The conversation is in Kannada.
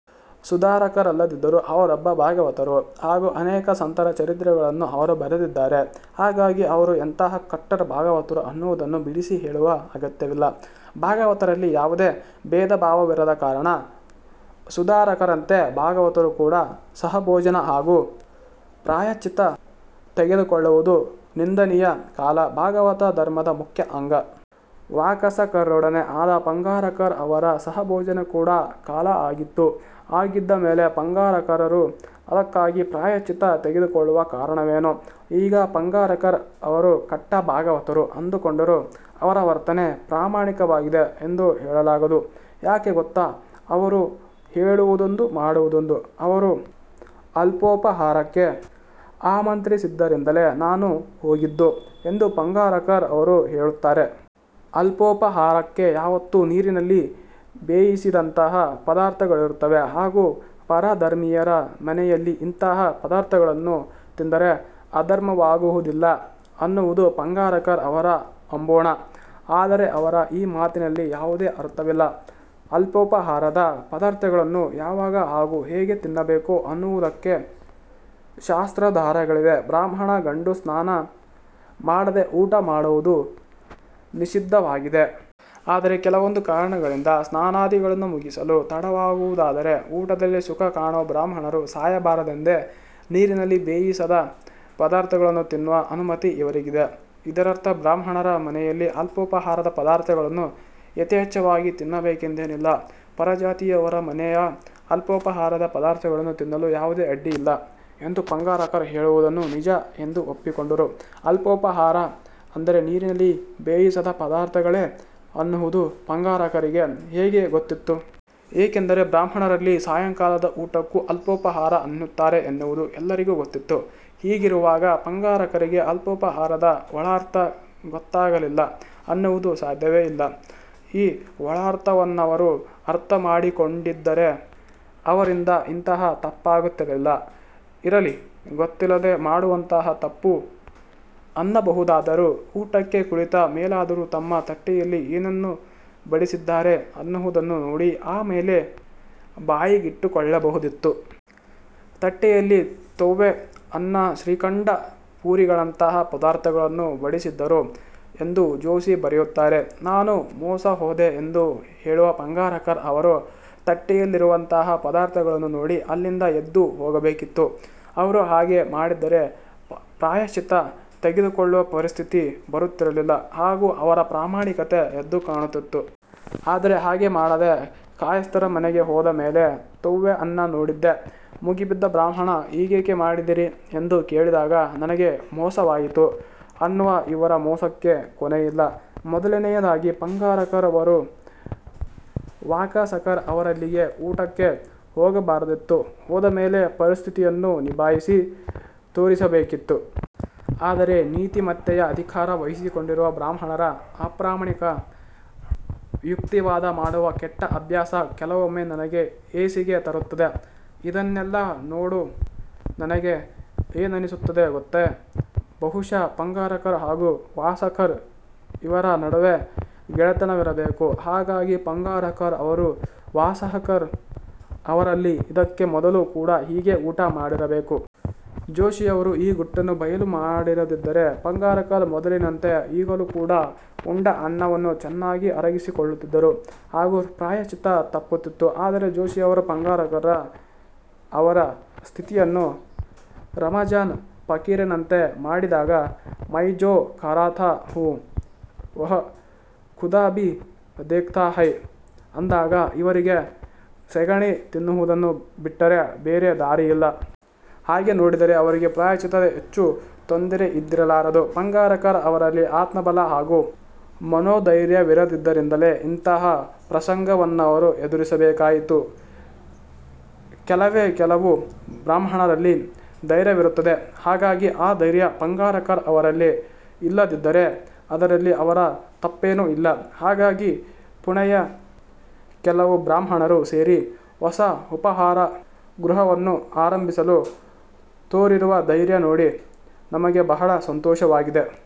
ಸುಧಾರಕರಲ್ಲದಿದ್ದರೂ ಅವರೊಬ್ಬ ಭಾಗವತರು ಹಾಗೂ ಅನೇಕ ಸಂತರ ಚರಿತ್ರೆಗಳನ್ನು ಅವರು ಬರೆದಿದ್ದಾರೆ. ಹಾಗಾಗಿ ಅವರು ಎಂತಹ ಕಟ್ಟರ್ ಭಾಗವತರು ಅನ್ನುವುದನ್ನು ಬಿಡಿಸಿ ಹೇಳುವ ಅಗತ್ಯವಿಲ್ಲ. ಭಾಗವತರಲ್ಲಿ ಯಾವುದೇ ಭೇದಭಾವವಿರದ ಕಾರಣ ಸುಧಾರಕರಂತೆ ಭಾಗವತರು ಕೂಡ ಸಹಭೋಜನ ಹಾಗೂ ಪ್ರಾಯಶ್ಚಿತ್ತ ತೆಗೆದುಕೊಳ್ಳುವುದು ನಿಂದನೀಯ. ಕಾಲಾ ಭಾಗವತ ಧರ್ಮದ ಮುಖ್ಯ ಅಂಗ. ವಾಕಸಕರ್ರೊಡನೆ ಆದ ಪಾಂಗಾರಕರ್ ಅವರ ಸಹಭೋಜನ ಕೂಡ ಕಾಲಾ ಆಗಿತ್ತು. ಹಾಗಿದ್ದ ಮೇಲೆ ಪಾಂಗಾರಕರರು ಅದಕ್ಕಾಗಿ ಪ್ರಾಯಶ್ಚಿತ್ತ ತೆಗೆದುಕೊಳ್ಳುವ ಕಾರಣವೇನು? ಈಗ ಪಾಂಗಾರಕರ್ ಅವರು ಕಟ್ಟಾ ಭಾಗವತರು ಅಂದುಕೊಂಡರೂ ಅವರ ವರ್ತನೆ ಪ್ರಾಮಾಣಿಕವಾಗಿದೆ ಎಂದು ಹೇಳಲಾಗದು. ಯಾಕೆ ಗೊತ್ತೇ? ಅವರು ಹೇಳುವುದೊಂದು ಮಾಡುವುದೊಂದು. ''ಅವರು ಅಲ್ಪೋಪಾಹಾರಕ್ಕೆ ಆಮಂತ್ರಿಸಿದ್ದರಿಂದಲೇ ನಾನು ಹೋಗಿದ್ದು'' ಎಂದು ಪಾಂಗಾರಕರ್ ಅವರು ಹೇಳುತ್ತಾರೆ. ಅಲ್ಪೋಪಾಹಾರಕ್ಕೆ ಯಾವತ್ತೂ ನೀರಿನಲ್ಲಿ ಬೇಯಿಸದಂತಹ ಪದಾರ್ಥಗಳಿರುತ್ತವೆ ಹಾಗೂ ಪರ ಧರ್ಮೀಯರ ಮನೆಯಲ್ಲಿ ಇಂತಹ ಪದಾರ್ಥಗಳನ್ನು ತಿಂದರೆ ಅಧರ್ಮವಾಗುವುದಿಲ್ಲ ಅನ್ನುವುದು ಪಾಂಗಾರಕರ್ ಅವರ ಅಂಬೋಣ. ಆದರೆ ಅವರ ಈ ಮಾತಿನಲ್ಲಿ ಯಾವುದೇ ಅರ್ಥವಿಲ್ಲ. ಅಲ್ಪೋಪಾಹಾರದ ಪದಾರ್ಥಗಳನ್ನು ಯಾವಾಗ ಹಾಗೂ ಹೇಗೆ ತಿನ್ನಬೇಕು ಅನ್ನುವುದಕ್ಕೆ ಶಾಸ್ತ್ರಾಧಾರಗಳಿವೆ. ಬ್ರಾಹ್ಮಣ ಗಂಡು ಸ್ನಾನ ಮಾಡದೆ ಊಟ ಮಾಡುವುದು ನಿಷಿದ್ಧವಾಗಿದೆ. ಅದರೆ ಕೆಲವೊಂದು ಕಾರಣಗಳಿಂದ ಸ್ನಾನಾದಿಗಳನ್ನು ಮುಗಿಸಲು ತಡವಾಗುವುದಾದರೆ ಊಟದಲ್ಲೇ ಸುಖ ಕಾಣುವ ಬ್ರಾಹ್ಮಣರು ಸಾಯಬಾರದೆಂದೇ ನೀರಿನಲ್ಲಿ ಬೇಯಿಸದ ಪದಾರ್ಥಗಳನ್ನು ತಿನ್ನುವ ಅನುಮತಿ ಇವರಿಗಿದೆ. ಇದರರ್ಥ ಅಬ್ರಾಹ್ಮಣರ ಮನೆಯಲ್ಲಿ ಅಲ್ಪೋಪಾಹಾರದ ಪದಾರ್ಥಗಳನ್ನು ಯಥೇಚ್ಛವಾಗಿ ತಿನ್ನಬೇಕೆಂದೇನಿಲ್ಲ. ಪರಜಾತೀಯರ ಮನೆಯ ಅಲ್ಪೋಪಾಹಾರದ ಪದಾರ್ಥಗಳನ್ನು ತಿನ್ನಲು ಯಾವುದೇ ಅಡ್ಡಿಯಿಲ್ಲ ಎಂದು ಪಾಂಗಾರಕರ್ ಹೇಳುವುದನ್ನು ನಿಜ ಎಂದು ಒಪ್ಪಿಕೊಂಡರೂ ಅಲ್ಪೋಪಾಹಾರ ಅಂದರೆ ನೀರಿನಲ್ಲಿ ಬೇಯಿಸದ ಪದಾರ್ಥಗಳೇ ಅನ್ನುವುದು ಪಾಂಗಾರಕರಿಗೆ ಹೇಗೆ ಗೊತ್ತಿತ್ತು? ಏಕೆಂದರೆ ಬ್ರಾಹ್ಮಣರಲ್ಲಿ ಸಾಯಂಕಾಲದ ಊಟಕ್ಕೂ ಅಲ್ಪೋಪಾಹಾರ ಅನ್ನುತ್ತಾರೆ ಎನ್ನುವುದು ಎಲ್ಲರಿಗೂ ಗೊತ್ತು. ಹೀಗಿರುವಾಗ ಪಾಂಗಾರಕರರಿಗೆ ಅಲ್ಪೋಪಾಹಾರದ ಒಳಾರ್ಥ ಗೊತ್ತಾಗಲಿಲ್ಲ ಅನ್ನುವುದು ಸಾಧ್ಯವೇ ಇಲ್ಲ. ಈ ಒಳಾರ್ಥವನ್ನವರು ಅರ್ಥಮಾಡಿಕೊಂಡಿದ್ದರೆ ಅವರಿಂದ ಇಂತಹ ತಪ್ಪಾಗುತ್ತಿರಲಿಲ್ಲ. ಇರಲಿ, ಗೊತ್ತಿಲ್ಲದೆ ಮಾಡಿರುವಂತಹ ತಪ್ಪು ಅನ್ನಬಹುದಾದರೂ ಊಟಕ್ಕೆ ಕುಳಿತ ಮೇಲಾದರೂ ತಮ್ಮ ತಟ್ಟೆಯಲ್ಲಿ ಏನನ್ನು ಬಡಿಸಿದ್ದಾರೆ ಅನ್ನುವುದನ್ನು ನೋಡಿ ಆ ಮೇಲೆ ಬಾಯಿಗಿಟ್ಟುಕೊಳ್ಳಬಹುದಿತ್ತು. ತಟ್ಟ್ಟೆಯಲ್ಲಿ ತೊವ್ವೆ, ಅನ್ನ, ಶ್ರೀಖಂಡ ಪೂರಿಗಳಂತಹ ಪದಾರ್ಥಗಳನ್ನು ಬಡಿಸಿದ್ದರು ಎಂದು ಜೋಶಿ ಬರೆಯುತ್ತಾರೆ. ನಾನು ಮೋಸ ಹೋದೆ ಎಂದು ಹೇಳುವ ಪಾಂಗಾರಕರ್ ಅವರು ತಟ್ಟೆಯಲ್ಲಿರುವಂತಹ ಪದಾರ್ಥಗಳನ್ನು ನೋಡಿ ಅಲ್ಲಿಂದ ಎದ್ದು ಹೋಗಬೇಕಿತ್ತು. ಅವರು ಹಾಗೆ ಮಾಡಿದ್ದರೆ ಪ್ರಾಯಶ್ಚಿತ್ತ ತೆಗೆದುಕೊಳ್ಳುವ ಪರಿಸ್ಥಿತಿ ಬರುತ್ತಿರಲಿಲ್ಲ ಹಾಗೂ ಅವರ ಪ್ರಾಮಾಣಿಕತೆ ಎದ್ದು ಕಾಣುತ್ತಿತ್ತು. ಆದರೆ ಹಾಗೆ ಮಾಡದೆ ಕಾಯಸ್ಥರ ಮನೆಗೆ ಹೋದ ಮೇಲೆ ತೊವ್ವೆ ಅನ್ನ ನೋಡಿದ್ದೆ ಮುಗಿಬಿದ್ದ ಬ್ರಾಹ್ಮಣ ''ಹೀಗೇಕೆ ಮಾಡಿದಿರಿ'' ಎಂದು ಕೇಳಿದಾಗ ನನಗೆ ಮೋಸವಾಯಿತು ಅನ್ನುವ ಇವರ ಮೋಸಕ್ಕೆ ಕೊನೆಯಿಲ್ಲ. ಮೊದಲನೆಯದಾಗಿ ಪಾಂಗಾರಕರ್ಅವರು ವಾಕಸಕರ್ ಅವರಲ್ಲಿಗೆ ಊಟಕ್ಕೆ ಹೋಗಬಾರದಿತ್ತು. ಹೋದ ಮೇಲೆ ಪರಿಸ್ಥಿತಿಯನ್ನು ನಿಭಾಯಿಸಿ ತೋರಿಸಬೇಕಿತ್ತು. ಆದರೆ ನೀತಿಮತ್ತೆಯ ಅಧಿಕಾರ ವಹಿಸಿಕೊಂಡಿರುವ ಬ್ರಾಹ್ಮಣರ ಅಪ್ರಾಮಾಣಿಕ ಯುಕ್ತಿವಾದ ಮಾಡುವ ಕೆಟ್ಟ ಅಭ್ಯಾಸ ಕೆಲವೊಮ್ಮೆ ನನಗೆ ಹೇಸಿಗೆ ತರುತ್ತದೆ. ಇದನ್ನೆಲ್ಲ ನೋಡೊ ನನಗೆ ಏನನಿಸುತ್ತದೆ ಗೊತ್ತೇ? ಬಹುಶಃ ಪಾಂಗಾರಕರ್ ಹಾಗೂ ವಾಕಸಕರ್ ಇವರ ನಡುವೆ ಗೆಳೆತನವಿರಬೇಕು. ಹಾಗಾಗಿ ಪಾಂಗಾರಕರ್ ಅವರು ವಾಕಸಕರ್ ಅವರಲ್ಲಿ ಇದಕ್ಕೆ ಮೊದಲು ಕೂಡ ಹೀಗೆ ಊಟ ಮಾಡಿರಬೇಕು. ಜೋಶಿಯವರು ಈ ಗುಟ್ಟನ್ನು ಬಯಲು ಮಾಡಿರದಿದ್ದರೆ ಪಾಂಗಾರಕರ್ ಮೊದಲಿನಂತೆ ಈಗಲೂ ಕೂಡ ಉಂಡ ಅನ್ನವನ್ನು ಚೆನ್ನಾಗಿ ಅರಗಿಸಿಕೊಳ್ಳುತ್ತಿದ್ದರು ಹಾಗೂ ಪ್ರಾಯಶ್ಚಿತ್ತ ತಪ್ಪುತ್ತಿತ್ತು. ಆದರೆ ಜೋಶಿಯವರು ಪಾಂಗಾರಕರ ಅವರ ಸ್ಥಿತಿಯನ್ನು ರಮಝಾನ್ ಫಕೀರನಂತೆ ಮಾಡಿದಾಗ 'ಮೈ ಜೋ ಕರತಾ ಹೂ, ವಹ್ ಖುದಾ ಭೀ ದೇಖತಾ ಹೈ' ಅಂದಾಗ ಇವರಿಗೆ ಸೆಗಣಿ ತಿನುವುದನ್ನು ಬಿಟ್ಟರೆ ಬೇರೆ ದಾರಿಯಿಲ್ಲ. ಹಾಗೆ ನೋಡಿದರೆ ಅವರಿಗೆ ಪ್ರಾಯಶ್ಚಿತ್ತದ ಹೆಚ್ಚು ತೊಂದರೆಯಿದ್ದಿರಲಾರದು. ಪಾಂಗಾರಕರ್ ಅವರಲ್ಲಿ ಆತ್ಮಬಲ ಹಾಗೂ ಮನೋಧೈರ್ಯವಿರದಿದ್ದರಿಂದಲೇ ಇಂತಹ ಪ್ರಸಂಗವನ್ನವರು ಎದುರಿಸಬೇಕಾಯಿತು. ಕೆಲವೇ ಕೆಲವು ಬ್ರಾಹ್ಮಣರಲ್ಲಿ ಧೈರ್ಯವಿರುತ್ತದೆ. ಹಾಗಾಗಿ ಆ ಧೈರ್ಯ ಪಾಂಗಾರಕರ್ ಅವರಲ್ಲಿ ಇಲ್ಲದಿದ್ದರೆ ಅದರಲ್ಲಿ ಅವರ ತಪ್ಪೇನು ಇಲ್ಲ. ಹಗಾಗಿ ಪುಣೆಯ ಕೆಲವು ಬ್ರಾಹ್ಮಣರು ಸೇರಿ ಹೊಸ ಉಪಾಹಾರಗೃಹವನ್ನು ಆರಂಭಿಸಲು ತೋರಿರುವ ಧೈರ್ಯ ನೋಡಿ ನಮಗೆ ಬಹಳ ಸಂತೋಷವಾಗಿದೆ.